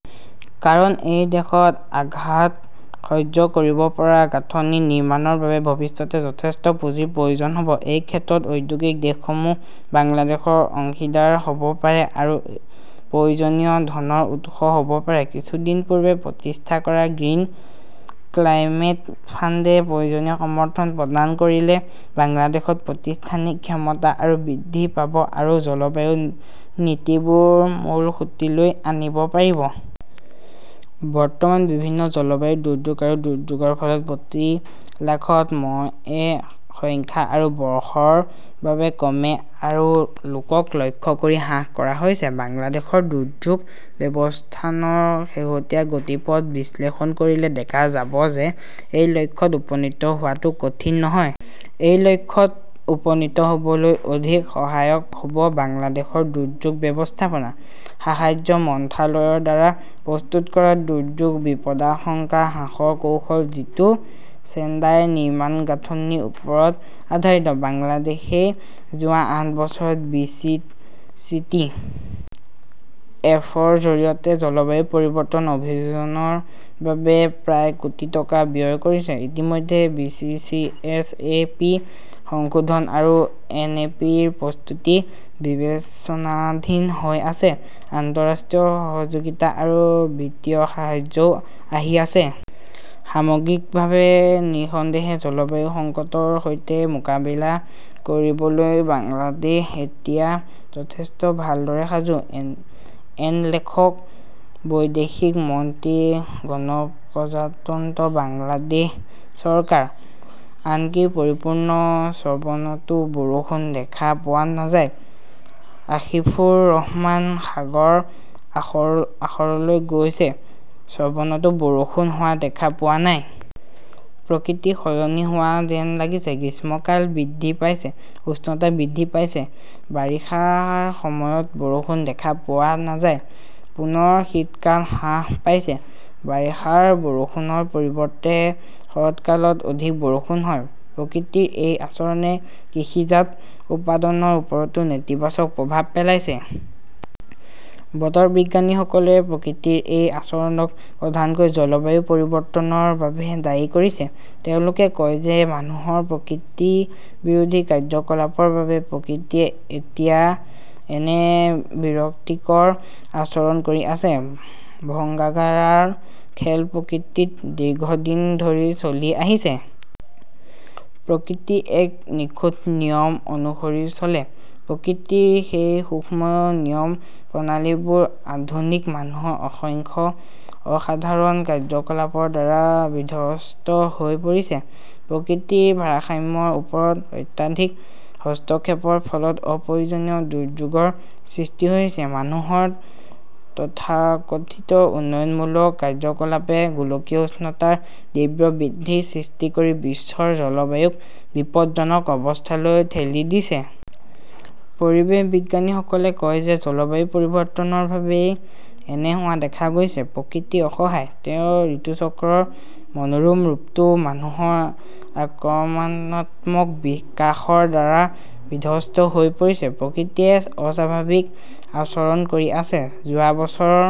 কাৰণ এই দেশত আঘাত সহ্য কৰিব পৰা গাঁথনি নিৰ্মাণৰ বাবে ভৱিষ্যতে যথেষ্ট পুঁজিৰ প্ৰয়োজন হ'ব। এই ক্ষেত্ৰত ঔদ্যোগিক দেশসমূহ বাংলাদেশৰ অংশীদাৰ হ'ব পাৰে আৰু প্ৰয়োজনীয় ধনৰ উৎস হ'ব পাৰে। কিছুদিন পূৰ্বে প্ৰতিষ্ঠা কৰা গ্ৰীণ ক্লাইমেট ফাণ্ডে প্ৰয়োজনীয় সমৰ্থন প্ৰদান কৰিলে বাংলাদেশত প্ৰতিষ্ঠানিক ক্ষমতা আৰু বৃদ্ধি পাব আৰু জলবায়ু নীতিবোৰ মূলসুঁতিলৈ আনিব পাৰিব। বৰ্তমান বিভিন্ন জলবায়ু দুৰ্যোগ আৰু দুৰ্যোগৰ ফলত প্ৰতি লাখত মএই সংখ্যা আৰু বৰ্ষৰ বাবে ক্ৰমে আৰু লোকক লক্ষ্য কৰি হ্ৰাস কৰা হৈছে। বাংলাদেশৰ দুৰ্যোগ ব্যৱস্থানৰ শেহতীয়া গতিপথ বিশ্লেষণ কৰিলে দেখা যাব যে এই লক্ষ্যত উপনীত হোৱাটো কঠিন নহয়। এই লক্ষ্যত উপনীত হ'বলৈ অধিক সহায়ক হ'ব বাংলাদেশৰ দুৰ্যোগ ব্যৱস্থাপনা, সাহায্য মন্ত্ৰালয়ৰ দ্বাৰা প্ৰস্তুত কৰা দুৰ্যোগ বিপদাশংকা হ্ৰাসৰ কৌশল; যিটো ছেণ্ডাই নিৰ্মাণ গাঁথনিৰ ওপৰত আধাৰিত। বাংলাদেশই যোৱা আঠ বছৰত B. C. C. T. F. -ৰ জৰিয়তে জলবায়ু পৰিৱৰ্তন অভিযোজনৰ বাবে প্ৰায় কোটি টকা ব্যয় কৰিছে। ইতিমধ্যে B. C. C. S. A. P. সংশোধন আৰু এন. এ. পি. -ৰ প্ৰস্তুতি বিবেচনাধীন হৈ আছে। আন্তঃৰাষ্ট্ৰীয় সহযোগিতা আৰু বিত্তীয় সাহায্যও আহি আছে। সামগ্ৰিকভাৱে, নিঃসন্দেহে, জলবায়ু সংকটৰ সৈতে মোকাবিলা কৰিবলৈ বাংলাদেশ এতিয়া যথেষ্ট ভালদৰে সাজু। এন লেখকঃ বৈদেশিক মন্ত্ৰী, গণপ্ৰজাতন্ত্ৰ বাংলাদেশ চৰকাৰ। আনকি পৰিপূৰ্ণ শ্ৰবণতো বৰষুণ দেখা পোৱা নাযায়। আসিফুৰ ৰহমান সাগৰ আশৰলৈ গৈছে, শ্ৰবণতো বৰষুণ হোৱা দেখা পোৱা নাই। প্ৰকৃতি সলনি হোৱা যেন লাগিছে। গ্ৰীষ্মকাল বৃদ্ধি পাইছে, উষ্ণতা বৃদ্ধি পাইছে। বাৰিষাৰ সময়ত বৰষুণ দেখা পোৱা নাযায়। পুনৰ শীতকাল হ্ৰাস পাইছে। বাৰিষাৰ বৰষুণৰ পৰিৱৰ্তে শৰৎকালত অধিক বৰষুণ হয়। প্ৰকৃতিৰ এই আচৰণে কৃষিজাত উৎপাদনৰ ওপৰতো নেতিবাচক প্ৰভাৱ পেলাইছে। বতৰ বিজ্ঞানীসকলে প্ৰকৃতিৰ এই আচৰণক প্ৰধানকৈ জলবায়ু পৰিৱৰ্তনৰ বাবে দায়ী কৰিছে। তেওঁলোকে কয় যে মানুহৰ প্ৰকৃতি বিৰোধী কাৰ্যকলাপৰ বাবেই প্ৰকৃতিয়ে এতিয়া এনে বিৰক্তিকৰ আচৰণ কৰি আছে। ভংগাগাৰাৰ খেল প্ৰকৃতিত দীৰ্ঘদিন ধৰি চলি আহিছে। প্ৰকৃতি এক নিখুঁত নিয়ম অনুসৰি চলে। প্ৰকৃতিৰ সেই সূক্ষ্ম নিয়ম প্ৰণালীবোৰ আধুনিক মানুহৰ অসংখ্য অসাধাৰণ কাৰ্যকলাপৰ দ্বাৰা বিধ্বস্ত হৈ পৰিছে। প্ৰকৃতিৰ ভাৰসাম্যৰ ওপৰত অত্যাধিক হস্তক্ষেপৰ ফলত অপ্ৰয়োজনীয় দুৰ্যোগৰ সৃষ্টি হৈছে। মানুহৰ তথাকথিত উন্নয়নমূলক কাৰ্যকলাপে গোলকীয় উষ্ণতাৰ তীব্ৰ বৃদ্ধিৰ সৃষ্টি কৰি বিশ্বৰ জলবায়ুক বিপদজনক অৱস্থালৈ ঠেলি দিছে। পৰিৱেশ বিজ্ঞানীসকলে কয় যে জলবায়ু পৰিৱৰ্তনৰ বাবেই এনে হোৱা দেখা গৈছে। প্ৰকৃতি অসহায়। তেওঁৰ ঋতুচক্ৰৰ মনোৰম ৰূপটো মানুহৰ আক্ৰমণাত্মক বিকাশৰ দ্বাৰা বিধ্বস্ত হৈ পৰিছে। প্ৰকৃতিয়ে অস্বাভাৱিক আচৰণ কৰি আছে। যোৱা বছৰৰ